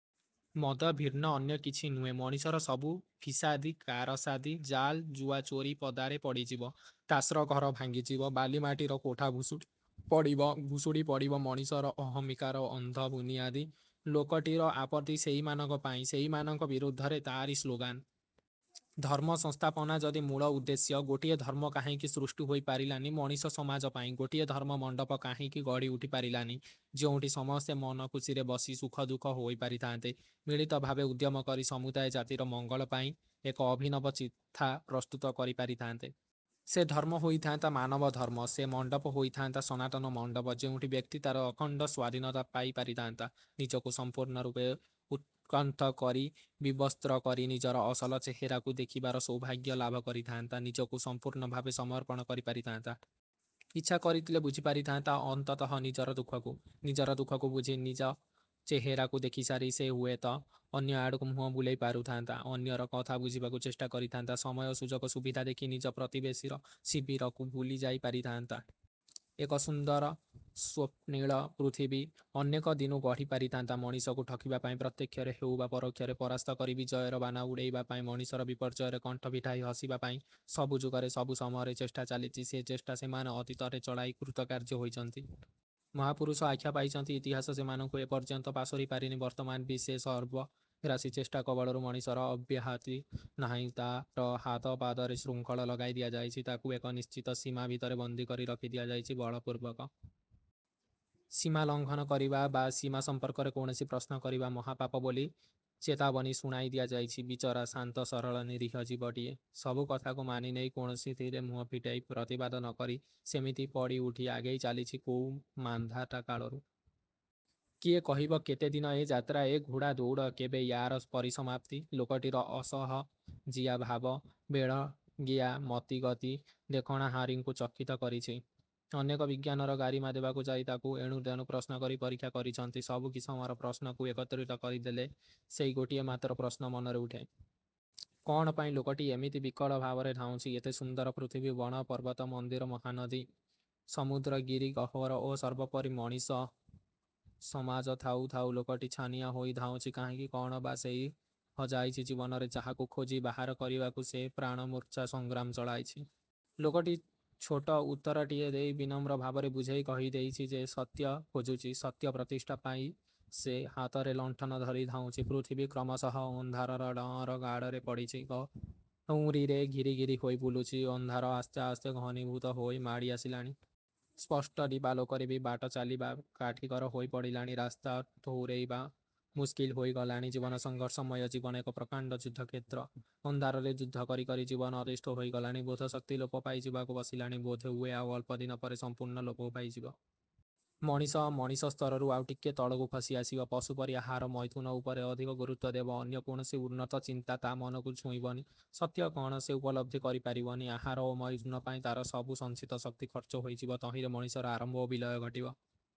ମଦ ଭିନ୍ନ ଅନ୍ୟ କିଛି ନୁହେଁ। ମଣିଷର ସବୁ ଫିସାଦି କାରସାଦି, ଜାଲ୍ ଜୁଆଚୋରି ପଦାରେ ପଡ଼ିଯିବ। ତାସ୍ର ଘର ଭାଙ୍ଗିଯିବ। ବାଲିମାଟିର କୋଠା ଭୁଷୁଡ଼ି ପଡ଼ିବ। ଭୁଷୁଡ଼ି ପଡ଼ିବ ମଣିଷର ଅହମିକାର ଅନ୍ଧ ବୁନିଆଦି। ଲୋକଟିର ଆପତ୍ତି ସେଇମାନଙ୍କ ପାଇଁ। ସେଇମାନଙ୍କ ବିରୁଦ୍ଧରେ ତା'ରି ସ୍ଳୋଗାନ୍। ଧର୍ମ ସଂସ୍ଥାପନା ଯଦି ମୂଳ ଉଦ୍ଦେଶ୍ୟ, ଗୋଟିଏ ଧର୍ମ କାହିଁକି ସୃଷ୍ଟି ହୋଇ ପାରିଲାନି ମଣିଷ ସମାଜ ପାଇଁ। ଗୋଟିଏ ଧର୍ମ ମଣ୍ଡପ କାହିଁକି ଗଢ଼ି ଉଠି ପାରିଲାନି? ଯେଉଁଠି ସମସ୍ତେ ମନଖୁସିରେ ବସି ସୁଖଦୁଃଖ ହୋଇ ପାରିଥାନ୍ତେ। ମିଳିତଭାବେ ଉଦ୍ୟମ କରି ସମୁଦାୟ ଜାତିର ମଙ୍ଗଳ ପାଇଁ ଏକ ଅଭିନବ ଚିଠା ପ୍ରସ୍ତୁତ କରି ପାରିଥାନ୍ତେ। ସେ ଧର୍ମ ହୋଇଥାନ୍ତା ମାନବ ଧର୍ମ। ସେ ମଣ୍ଡପ ହୋଇଥାନ୍ତା ସନାତନ ମଣ୍ଡପ। ଯେଉଁଠି ବ୍ୟକ୍ତି ତା'ର ଅଖଣ୍ଡ ସ୍ୱାଧୀନତା ପାଇ ପାରିଥାନ୍ତା। ନିଜକୁ ସମ୍ପୂର୍ଣ୍ଣ ରୂପେ ଉନ୍ମୁକ୍ତ କରି, ବିବସ୍ତ୍ର କରି ନିଜର ଅସଲ ଚେହେରାକୁ ଦେଖିବାର ସୌଭାଗ୍ୟ ଲାଭ କରିଥାନ୍ତା। ନିଜକୁ ସମ୍ପୂର୍ଣ୍ଣଭାବେ ସମର୍ପଣ କରିପାରିଥାନ୍ତା। ଇଚ୍ଛା କରିଥିଲେ ବୁଝି ପାରିଥାନ୍ତା ଅନ୍ତତଃ ନିଜର ଦୁଃଖକୁ। ନିଜର ଦୁଃଖକୁ ବୁଝି, ନିଜ ଚେହେରାକୁ ଦେଖିସାରି ସେ ହୁଏତ ଅନ୍ୟଆଡ଼କୁ ମୁହଁ ବୁଲେଇ ପାରୁଥାନ୍ତା। ଅନ୍ୟର କଥା ବୁଝିବାକୁ ଚେଷ୍ଟା କରିଥାନ୍ତା। ସମୟ, ସୁଯୋଗ ସୁବିଧା ଦେଖି ନିଜ ପ୍ରତିବେଶୀର ଶିବିରକୁ ବୁଲିଯାଇ ପାରିଥାନ୍ତା। ଏକ ସୁନ୍ଦର ସ୍ୱପ୍ନିଳ ପୃଥିବୀ ଅନେକ ଦିନୁ ଗଢ଼ି ପାରିଥାନ୍ତା। ମଣିଷକୁ ଠକିବାପାଇଁ, ପ୍ରତ୍ୟେକ୍ଷରେ ହେଉ ବା ପରୋକ୍ଷରେ ପରାସ୍ତ କରି ବିଜୟର ବାନା ଉଡ଼ାଇବା ପାଇଁ, ମଣିଷର ବିପର୍ଯ୍ୟୟରେ କଣ୍ଠ ଫିଟାଇ ହସିବା ପାଇଁ, ସବୁ ଯୁଗରେ ସବୁ ସମୟରେ ଚେଷ୍ଟା ଚାଲିଛି। ସେ ଚେଷ୍ଟା ସେମାନେ ଅତୀତରେ ଚଳାଇ କୃତକାର୍ଯ୍ୟ ହୋଇଛନ୍ତି। ମହାପୁରୁଷ ଆଖ୍ୟା ପାଇଛନ୍ତି। ଇତିହାସ ସେମାନଙ୍କୁ ଏପର୍ଯ୍ୟନ୍ତ ପାସୋରି ପାରିନି। ବର୍ତ୍ତମାନ ବି ସେ ସର୍ବଗ୍ରାସୀ ଚେଷ୍ଟା କବଳରୁ ମଣିଷର ଅବ୍ୟାହତି ନାହିଁ। ତା'ର ହାତ ପାଦରେ ଶୃଙ୍ଖଳ ଲଗାଇ ଦିଆଯାଇଛି। ତାକୁ ଏକ ନିଶ୍ଚିତ ସୀମା ଭିତରେ ବନ୍ଦି କରି ରଖି ଦିଆଯାଇଛି ବଳପୂର୍ବକ। ସୀମା ଲଙ୍ଘନ କରିବା ବା' ସୀମା ସମ୍ପର୍କରେ କୌଣସି ପ୍ରଶ୍ନ କରିବା ମହାପାପ ବୋଲି ଚେତାବନୀ ଶୁଣାଇ ଦିଆଯାଇଛି। ବିଚରା, ଶାନ୍ତ ସରଳ ନିରୀହ ଜୀବଟିଏ! ସବୁ କଥାକୁ ମାନିନେଇ, କୌଣସିଥିରେ ମୁହଁ ଫିଟେଇ ପ୍ରତିବାଦ ନକରି ସେମିତି ପଡ଼ିଉଠି ଆଗେଇ ଚାଲିଛି କୋଉ ମାନ୍ଧାତା କାଳରୁ! କିଏ କହିବ କେତେଦିନ ଏ ଯାତ୍ରା; ଏ ଘୋଡ଼ା ଦଉଡ଼। କେବେ ୟା'ର ପରିସମାପ୍ତି!! ଲୋକଟିର ଅସହଜିଆ ଭାବ, ବେଢଙ୍ଗିଆ ମତିଗତି ଦେଖଣାହାରିଙ୍କୁ ଚକିତ କରିଛି। ଅନେକ ବିଜ୍ଞାନର ଗାରିମା ଦେବାକୁ ଯାଇ ତାକୁ ଏଣୁତେଣୁ ପ୍ରଶ୍ନକରି ପରୀକ୍ଷା କରିଛନ୍ତି। ସବୁ କିସମର ପ୍ରଶ୍ନକୁ ଏକତ୍ରିତ କରିଦେଲେ ସେଇ ଗୋଟିଏ ମାତ୍ର ପ୍ରଶ୍ନ ମନରେ ଉଠେ। କ'ଣ ପାଇଁ ଲୋକଟି ଏମିତି ବିକଳ ଭାବରେ ଧାଉଁଛି? ଏତେ ସୁନ୍ଦର ପୃଥିବୀ, ବଣ, ପର୍ବତ, ମନ୍ଦିର, ନହାନଦୀ, ସମୁଦ୍ର ଗିରିଗହ୍ୱର ଓ ସର୍ବୋପରି ମଣିଷ ସମାଜ ଥାଉ ଥାଉ, ଲୋକଟି ଛାନିଆ ହୋଇ ଧାଉଁଛି କାହିଁକି? କ'ଣ ବା' ସେ ହଜାଇଛି ଜୀବନରେ? ଯାହାକୁ ଖୋଜି ବାହାର କରିବାକୁ ସେ ପ୍ରାଣମୂର୍ଚ୍ଛା ସଂଗ୍ରାମ ଚଳାଇଛି। ଲୋକଟି ଛୋଟ ଉତ୍ତରଟିଏ ଦେଇ ବିନମ୍ର ଭାବରେ ବୁଝେଇ କହି ଦେଇଛି ଯେ ସେ ସତ୍ୟ ଖୋଜୁଛି। ସତ୍ୟ ପ୍ରତିଷ୍ଠା ପାଇଁ ସେ ହାତରେ ଲଣ୍ଠନ ଧରି ଧାଉଁଛି। ପୃଥିବୀ କ୍ରମଶଃ ଅନ୍ଧାରର ଡଅଁର ଗାଡ଼ରେ ପଡ଼ିଛି। ଭଉଁରୀରେ ଘିରିଘିରି ହୋଇ ବୁଲୁଛି। ଅନ୍ଧାର ଆସ୍ତେ ଆସ୍ତେ ଘନୀଭୂତ ହୋଇ ମାଡ଼ି ଆସିଲାଣି। ସ୍ପଷ୍ଟ ଦିବାଲୋକରେ ବି ବାଟଚାଲିବା କାଠିକର ହୋଇ ପଡ଼ିଲାଣି। ରାସ୍ତା ଠଉରେଇବା ମୁସ୍କିଲ୍ ହୋଇଗଲାଣି। ଜୀବନ ସଂଘର୍ଷମୟ। ଜୀବନ ଏକ ପ୍ରକାଣ୍ଡ ଯୁଦ୍ଧକ୍ଷେତ୍ର। ଅନ୍ଧାରରେ ଯୁଦ୍ଧ କରିକରି ଜୀବନ ଅତିଷ୍ଟ ହୋଇଗଲାଣି। ବୋଧଶକ୍ତି ଲୋପ ପାଇଯିବାକୁ ବସିଲାଣି। ବୋଧହୁଏ ଆଉ ଅଳ୍ପଦିନ ପରେ ସମ୍ପୂର୍ଣ୍ଣ ଲୋପ ପାଇଯିବ। ମଣିଷ, ମଣିଷ ସ୍ତରରୁ ଆଉ ଟିକିଏ ତଳକୁ ଖସି ଆସିବ-। ପଶୁପରି ଆହାର ମୈଥୁନ ଉପରେ ଅଧିକ ଗୁରୁତ୍ୱ ଦେବ। ଅନ୍ୟ କୌଣସି ଉନ୍ନତ ଚିନ୍ତା ତା' ମନକୁ ଛୁଇଁବନି। ସତ୍ୟ କ'ଣ ସେ ଉପଲବ୍ଧି କରି ପାରିବନି। ଆହାର ଓ ମୈଥୁନ ପାଇଁ ତା'ର ସବୁ ସଞ୍ଚିତ ଶକ୍ତି ଖର୍ଚ୍ଚ ହୋଇଯିବ। ତହିଁରେ ମଣିଷର ଆରମ୍ଭ ଓ ବିଲୟ ଘଟିବ।